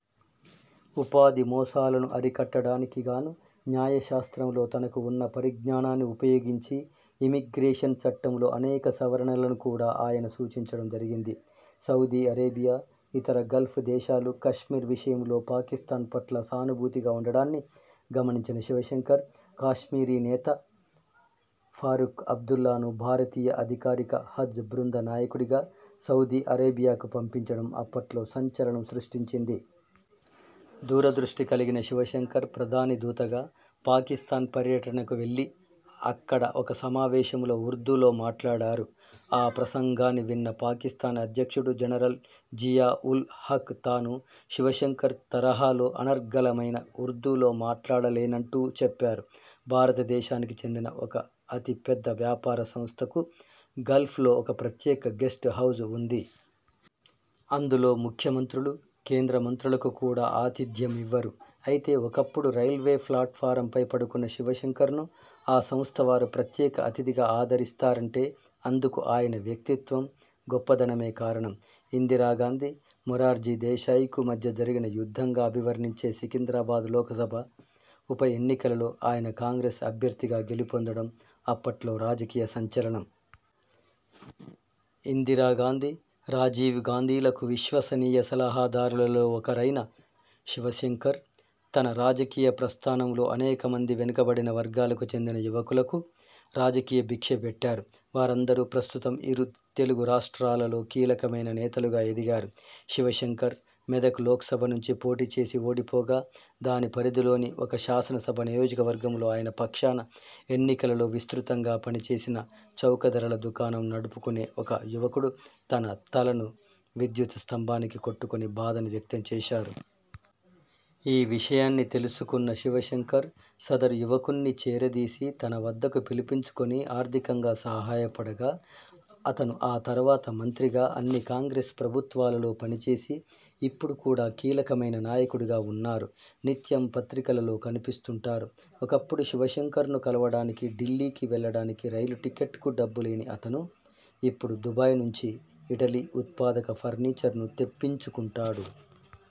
ఉపాధి మోసాలను అరికట్టడానికి గాను న్యాయ శాస్త్రంలో తనకు ఉన్న పరిజ్ఞానాన్ని ఉపయోగించి ఇమ్మిగ్రేషన్ చట్టంలో అనేక సవరణలను కూడా ఆయన సూచించడం జరిగింది. సౌదీ అరేబియా, ఇతర గల్ఫ్ దేశాలు కశ్మీర్ విషయంలో పాకిస్థాన్ పట్ల సానుభూతిగా ఉండడాన్ని గమనించిన శివశంకర్, కాశ్మీరీ నేత ఫారూఖ్ అబ్దుల్లాను భారతీయ అధికారిక హజ్ బృంద నాయకుడిగా సౌదీ అరేబియాకు పంపించడం అప్పట్లో సంచలనం సృష్టించింది. దూరదృష్టి కల్గిన శివశంకర్ ప్రధాని దూతగా పాకిస్థాన్ పర్యటనకు వెళ్ళి అక్కడ ఒక సమావేశంలో ఉర్దూలో మాట్లాడారు. ఆ ప్రసంగాన్ని విన్న పాకిస్థాన్ అధ్యక్షుడు జనరల్ జియా ఉల్ హఖ్ తాను శివశంకర్ తరహా అనర్గళమైన ఉర్దూలో మాట్లాడలేనంటూ చెప్పారు. భారతదేశానికి చెందిన ఒక అతి పెద్ద వ్యాపార సంస్థకు గల్ఫ్లో ఒక ప్రత్యేక గెస్ట్ హౌజ్ ఉంది. అందులో ముఖ్యమంత్రులు, కేంద్ర మంత్రులకు కూడా ఆతిథ్యమివ్వరు. అయితే ఒకప్పుడు రైల్వే ప్లాట్ ఫారంపై పడుకున్న శివశంకర్ను ఆ సంస్థ వారు ప్రత్యేక అతిథిగా ఆదరిస్తారంటే అందుకు ఆయన వ్యక్తిత్వం, గొప్పదనమే కారణం. ఇందిరా గాంధీ, మొరార్జీ దేశాయ్కు మధ్య జరిగిన యుద్ధంగా అభివర్ణించే సికింద్రాబాద్ లోక్ సభ ఉప ఎన్నికలలో ఆయన కాంగ్రెస్ అభ్యర్థిగా గెలుపొందడం అప్పట్లో రాజకీయ సంచలనం. ఇందిరా గాంధీ, రాజీవ్ గాంధీలకు విశ్వసనీయ సలహాదారులలో ఒకరైన శివశంకర్ తన రాజకీయ ప్రస్థానంలో అనేక మంది వెనుకబడిన వర్గాలకు చెందిన యువకులకు రాజకీయ భిక్ష పెట్టారు. వారందరూ ప్రస్తుతం ఇరు తెలుగు రాష్ట్రాలలో కీలకమైన నేతలుగా ఎదిగారు. శివశంకర్ మెదక్ లోక్సభ నుంచి పోటీ చేసి ఓడిపోగా దాని పరిధిలోని ఒక శాసనసభ నియోజకవర్గంలో ఆయన పక్షాన ఎన్నికలలో విస్తృతంగా పని చేసిన చౌకధరల దుకాణం నడుపుకొనే ఒక యువకుడు తన తలను విద్యుత్ స్తంభానికి కొట్టుకొని బాధను వ్యక్తం చేశారు. ఈ విషయాన్ని తెలుసుకున్న శివశంకర్ సదరు యువకుణ్ణి చేరదీసి తన వద్దకు పిలిపించుకొని ఆర్థికంగా సహాయపడగా అతను ఆ తర్వాత మంత్రిగా అన్ని కాంగ్రెస్ ప్రభుత్వాలలో పనిచేసి ఇప్పుడు కూడా కీలకమైన నాయకుడుగా వున్నారు. నిత్యం పత్రికలలో కనిపిస్తుంటారు. ఒకప్పుడు శివశంకర్ను కలవడానికి ఢిల్లీకి వెళ్ళడానికి రైలు టిక్కెట్కు డబ్బు లేని అతను ఇప్పుడు దుబాయి నుంచి ఇటలీ ఉత్పాదక ఫర్నీచర్ను తెప్పించుకొంటాడు.